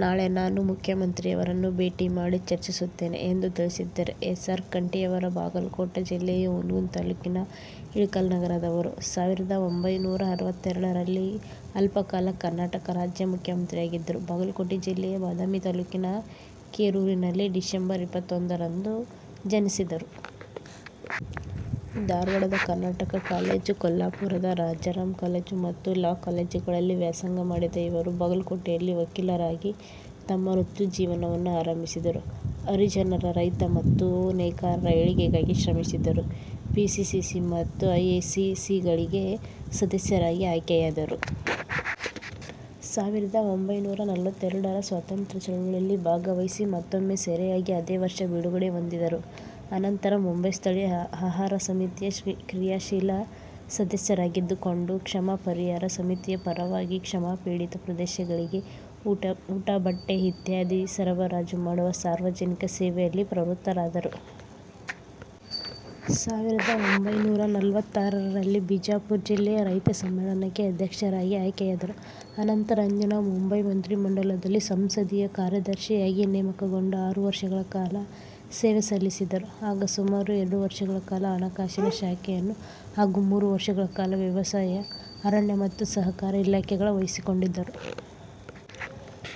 ನಾನು ನಾಳೆ ಮುಖ್ಯಮಂತ್ರಿಯವರನ್ನು ಭೇಟಿ ಮಾಡಿ ಚರ್ಚಿಸುತ್ತೇನೆ' ಎಂದು ತಿಳಿಸಿದ್ದಾರೆ. ಎಸ್ ಆರ್ ಕಂಠಿ ಯವರು ಬಾಗಲಕೋಟ ಜಿಲ್ಲೆಯ ಹುನಗುಂದ ತಾಲ್ಲೂಕಿನ ಇಳಕಲ್ಲ ನಗರದವರು. ಸಾವಿರದ ಒಂಭೈನೂರಾ ಅರವತ್ತೆರಡರಲ್ಲಿ ಅಲ್ಪ ಕಾಲ ಕರ್ನಾಟಕ ರಾಜ್ಯದ ಮುಖ್ಯಮಂತ್ರಿಯಾಗಿದ್ದರು. ಬಾಗಲಕೋಟೆ ಜಿಲ್ಲೆಯ ಬದಾಮಿ ತಾಲ್ಲೂಕಿನ ಕೆರೂರನಲ್ಲಿ ಡಿಸೆಂಬರ್ ಇಪ್ಪತ್ತೊಂದರಂದು ಜನಿಸಿದರು. ಧಾರವಾಡದ ಕರ್ನಾಟಕ ಕಾಲೇಜು, ಕೊಲ್ಲಾಪುರದ ರಾಜಾರಾಮ್ ಕಾಲೇಜು ಮತ್ತು ಲಾ ಕಾಲೇಜುಗಳಲ್ಲಿ ವ್ಯಾಸಂಗ ಮಾಡಿದ ಇವರು ಬಾಗಲಕೋಟೆಯಲ್ಲಿ ವಕೀಲರಾಗಿ ತಮ್ಮ ವೃತ್ತಿಜೀವನವನ್ನು ಆರಂಭಿಸಿದರು. ಹರಿಜನರ, ರೈತರ ಮತ್ತು ನೇಕಾರರ ಏಳ್ಗೆಗಾಗಿ ಶ್ರಮಿಸಿದರು. ಪಿ. ಸಿ. ಸಿ. ಮತ್ತು ಎ. ಐ. ಸಿ. ಸಿಗಳಿಗೆ ಸದಸ್ಯರಾಗಿ ಆಯ್ಕೆಯಾದರು. ಸಾವಿರದ ಒಂಭೈನೂರ ನಲವತ್ತೆರಡರ ಸ್ವಾತಂತ್ರ್ಯ ಚಳವಳಿಯಲ್ಲಿ ಭಾಗವಹಿಸಿ ಮತ್ತೊಮ್ಮೆ ಸೆರೆಯಾಗಿ ಅದೇ ವರ್ಷ ಬಿಡುಗಡೆ ಹೊಂದಿದರು. ಅನಂತರ ಮುಂಬಯಿ ಸ್ಥಳೀಯ ಆಹಾರ ಸಮಿತಿಯ ಕ್ರಿಯಾಶೀಲ ಸದಸ್ಯರಾಗಿದ್ದುಕೊಂಡು ಕ್ಷಾಮ ಪರಿಹಾರ ಸಮಿತಿಯ ಪರವಾಗಿ ಕ್ಷಾಮಪೀಡಿತ ಪ್ರದೇಶಗಳಿಗೆ ಊಟ, ಬಟ್ಟೆ ಇತ್ಯಾದಿ ಸರಬರಾಜು ಮಾಡುವ ಸಾರ್ವಜನಿಕ ಸೇವೆಯಲ್ಲಿ ಪ್ರವೃತ್ತರಾದರು. ಸಾವಿರದ ಒಂಭೈನೂರ ನಲವತ್ತಾರರಲ್ಲಿ ಬಿಜಾಪುರ ಜಿಲ್ಲೆಯ ರೈತ ಸಮ್ಮೇಳನಕ್ಕೆ ಅಧ್ಯಕ್ಷರಾಗಿ ಆಯ್ಕೆಯಾದರು. ಅನಂತರ ಅಂದಿನ ಮುಂಬಯಿ ಮಂತ್ರಿ ಮಂಡಲದಲ್ಲಿ ಸಂಸದೀಯ ಕಾರ್ಯದರ್ಶಿಯಾಗಿ ನೇಮಕಗೊಂಡು ಆರು ವರ್ಷಗಳ ಕಾಲ ಸೇವೆಸಲ್ಲಿಸಿದರು. ಆಗ ಸುಮಾರು ಎರಡು ವರ್ಷಗಳ ಕಾಲ ಹಣಕಾಸಿನ ಶಾಖೆಯನ್ನು ಹಾಗೂ ಮೂರು ವರ್ಷಗಳ ಕಾಲ ವ್ಯವಸಾಯ, ಅರಣ್ಯ ಮತ್ತು ಸಹಕಾರ ಇಲಾಖೆಗಳ ವಹಿಸಿಕೊಂಡಿದ್ದರು.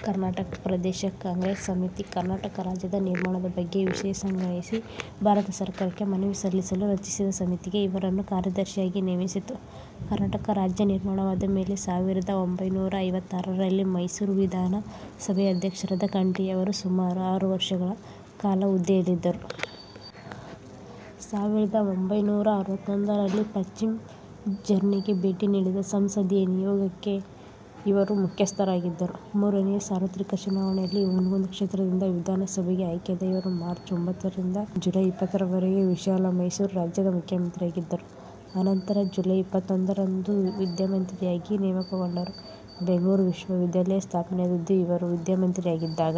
ಕರ್ನಾಟಕ ಪ್ರದೇಶ ಕಾಂಗ್ರೆಸ್ ಸಮಿತಿ ಕರ್ನಾಟಕ ರಾಜ್ಯದ ನಿರ್ಮಾಣದ ಬಗ್ಗೆ ವಿಷಯ ಸಂಗ್ರಹಿಸಿ ಭಾರತ ಸರ್ಕಾರಕ್ಕೆ ಮನವಿ ಸಲ್ಲಿಸಲು ರಚಿಸಿದ ಸಮಿತಿಗೆ ಇವರನ್ನು ಕಾರ್ಯದರ್ಶಿಯಾಗಿ ನೇಮಿಸಿತ್ತು. ಕರ್ನಾಟಕ ರಾಜ್ಯ ನಿರ್ಮಾಣವಾದ ಮೇಲೆ ಸಾವಿರದ ಒಂಭೈನೂರ ಐವತ್ತಾರರಲ್ಲಿ ಮೈಸೂರು ವಿಧಾನ ಸಭೆಯ ಅಧ್ಯಕ್ಷರಾದ ಕಂಠಿಯವರು ಸುಮಾರು ಅರು ವರ್ಷಗಳ ಕಾಲ ಆ ಹುದ್ದೆಯಲ್ಲಿದ್ದರು. ಸಾವಿರದ ಒಂಭೈನೂರ ಅರವತ್ತೋಂದರಲ್ಲಿ ಪಶ್ಚಿಮ ಜರ್ಮನಿಗೆ ಭೇಟಿ ನೀಡಿದ ಸಂಸದೀಯ ನಿಯೋಗಕ್ಕೆ ಇವರು ಮುಖ್ಯಸ್ಥರಾಗಿದ್ದರು. ಮೂರನೆಯ ಸಾರ್ವತ್ರಿಕ ಚುನಾವಣೆಯಲ್ಲಿ ಹುನಗುಂದ ಕ್ಷೇತ್ರದಿಂದ ವಿಧಾನಸಭೆಗೆ ಆಯ್ಕೆಯಾದ ಇವರು ಮಾರ್ಚ್ ಒಂಭತ್ತರಿಂದ ಜುಲೈ ಇಪ್ಪತ್ತರವರೆಗೆ ವಿಶಾಲ ಮೈಸೂರು ರಾಜ್ಯದ ಮುಖ್ಯಮಂತ್ರಿಯಾಗಿದ್ದರು। ಅನಂತರ ಜುಲೈ ಇಪ್ಪತ್ತೊಂದರಂದು ವಿದ್ಯಾಮಂತ್ರಿಯಾಗಿ ನೇಮಕಗೊಂಡರು. ಬೆಂಗಳೂರು ವಿಶ್ವವಿದ್ಯಾಲಯ ಸ್ಥಾಪನೆಯಾದದ್ದು ಇವರು ವಿದ್ಯಾಮಂತ್ರಿಯಾಗಿದ್ದಾಗ.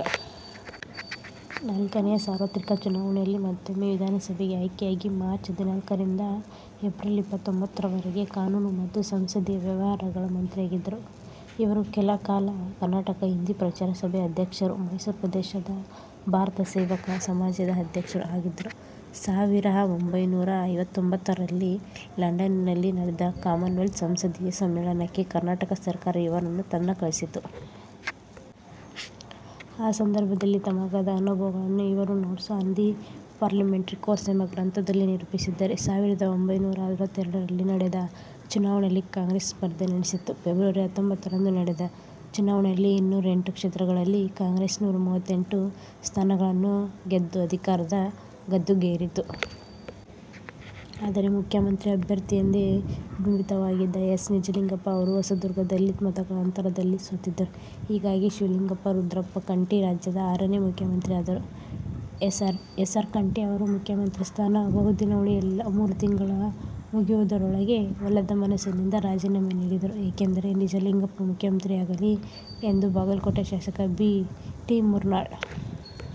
ನಾಲ್ಕನೆಯ ಸಾರ್ವತ್ರಿಕ ಚುನಾವಣೆಯಲ್ಲಿ ಮತ್ತೊಮ್ಮೆ ವಿಧಾನಸಭೆಗೆ ಆಯ್ಕೆಯಾಗಿ ಮಾರ್ಚ್ ಹದಿನಾಲ್ಕರಿಂದ ರಿಂದ ಏಪ್ರಿಲ್ ಇಪ್ಪತ್ತೊಂಭತ್ತರರವರೆಗೆ ಕಾನೂನು ಮತ್ತು ಸಂಸದೀಯ ವ್ಯವಹಾರಗಳ ಮಂತ್ರಿಯಾಗಿದ್ದರು. ಇವರು ಕೆಲಕಾಲ ಕರ್ನಾಟಕ ಹಿಂದಿ ಪ್ರಚಾರ ಸಭೆಯ ಅಧ್ಯಕ್ಷರೂ ಮೈಸೂರು ಪ್ರದೇಶದ ಭಾರತ ಸೇವಕ ಸಮಾಜದ ಅಧ್ಯಕ್ಷರೂ ಆಗಿದ್ದರು. ಸಾವಿರ ಅಒಂಭೈನೂರ ಐವತ್ತೊಂಭತ್ತರಲ್ಲಿ ಲಂಡನಿನಲ್ಲಿ ನಡೆದ ಕಾಮನ್ವೆಲ್ತ್ ಸಂಸದೀಯ ಸಮ್ಮೇಳನಕ್ಕೆ ಕರ್ನಾಟಕ ಸರ್ಕಾರ ಇವರನ್ನು ತನ್ನ ಕಳಿಸಿತ್ತು. ಆ ಸಂದರ್ಭದಲ್ಲಿ ತಮಗಾದ ಅನುಭವಗಳನ್ನು ಇವರು notes on the parliamentary course ಎಂಬ ಗ್ರಂಥದಲ್ಲಿ ನಿರೂಪಿಸಿದ್ದಾರೆ. ಸಾವಿರದ ಒಂಭೈನೂರ ಅರವತ್ತೆರಡರಲ್ಲಿ ನಡೆದ ಚುನಾವಣೆಯಲ್ಲಿ ಕಾಂಗ್ರೆಸ್ ಸ್ಪರ್ಧೆ ನಡೆಸಿತು. ಫೆಬ್ರವರಿ ಹತ್ತೊಂಭತ್ತರಂದು ನಡೆದ ಚುನಾವಣೆಯಲ್ಲಿ ಇನ್ನುರ ಎಂಟು ಕ್ಷೇತ್ರಗಳಲ್ಲಿ ಕಾಂಗ್ರೆಸ್ ನೂರ ಮುವತ್ತೆಂಟು ಸ್ಥಾನಗಳನ್ನು ಗೆದ್ದು ಅಧಿಕಾರದ ಗದ್ದುಗೆಗೇರಿತು. ಆದರೆ, ಮುಖ್ಯಮಂತ್ರಿ ಅಭ್ಯರ್ಥಿ ಎಂದೇ ಬಿಂಬಿತವಾಗಿದ್ದ ಎಸ್. ನಿಜಲಿಂಗಪ್ಪ ಅವರು ಹೊಸದುರ್ಗದಲ್ಲಿ ಮತಗಳ ಅಂತರದಲ್ಲಿ ಸೋತಿದ್ದರು. ಹೀಗಾಗಿ, ಶಿವಲಿಂಗಪ್ಪ ರುದ್ರಪ್ಪ ಕಂಠಿ ರಾಜ್ಯದ ಆರನೇ ಮುಖ್ಯಮಂತ್ರಿಯಾದರು. ಎಸ್. ಆರ್. ಕಂಠಿ ಅವರ ಮುಖ್ಯಮಂತ್ರಿ ಸ್ಥಾನ ಬಹುದಿನ ಉಳಿಯಲಿಲ್ಲ. ಮೂರು ತಿಂಗಳು ಮುಗಿಯುವುದರೊಳಗೇ ಒಲ್ಲದ ಮನಸ್ಸಿನಿಂದ ರಾಜಿನಾಮೆ ನೀಡಿದರು. ಏಕೆಂದರೆ, ನಿಜಲಿಂಗಪ್ಪ ಮುಖ್ಯಮಂತ್ರಿಯಾಗಲಿ ಎಂದು ಬಾಗಲಕೋಟೆ ಶಾಸಕ ಬಿ. ಟಿ. ಮುರ್ನಾಳ್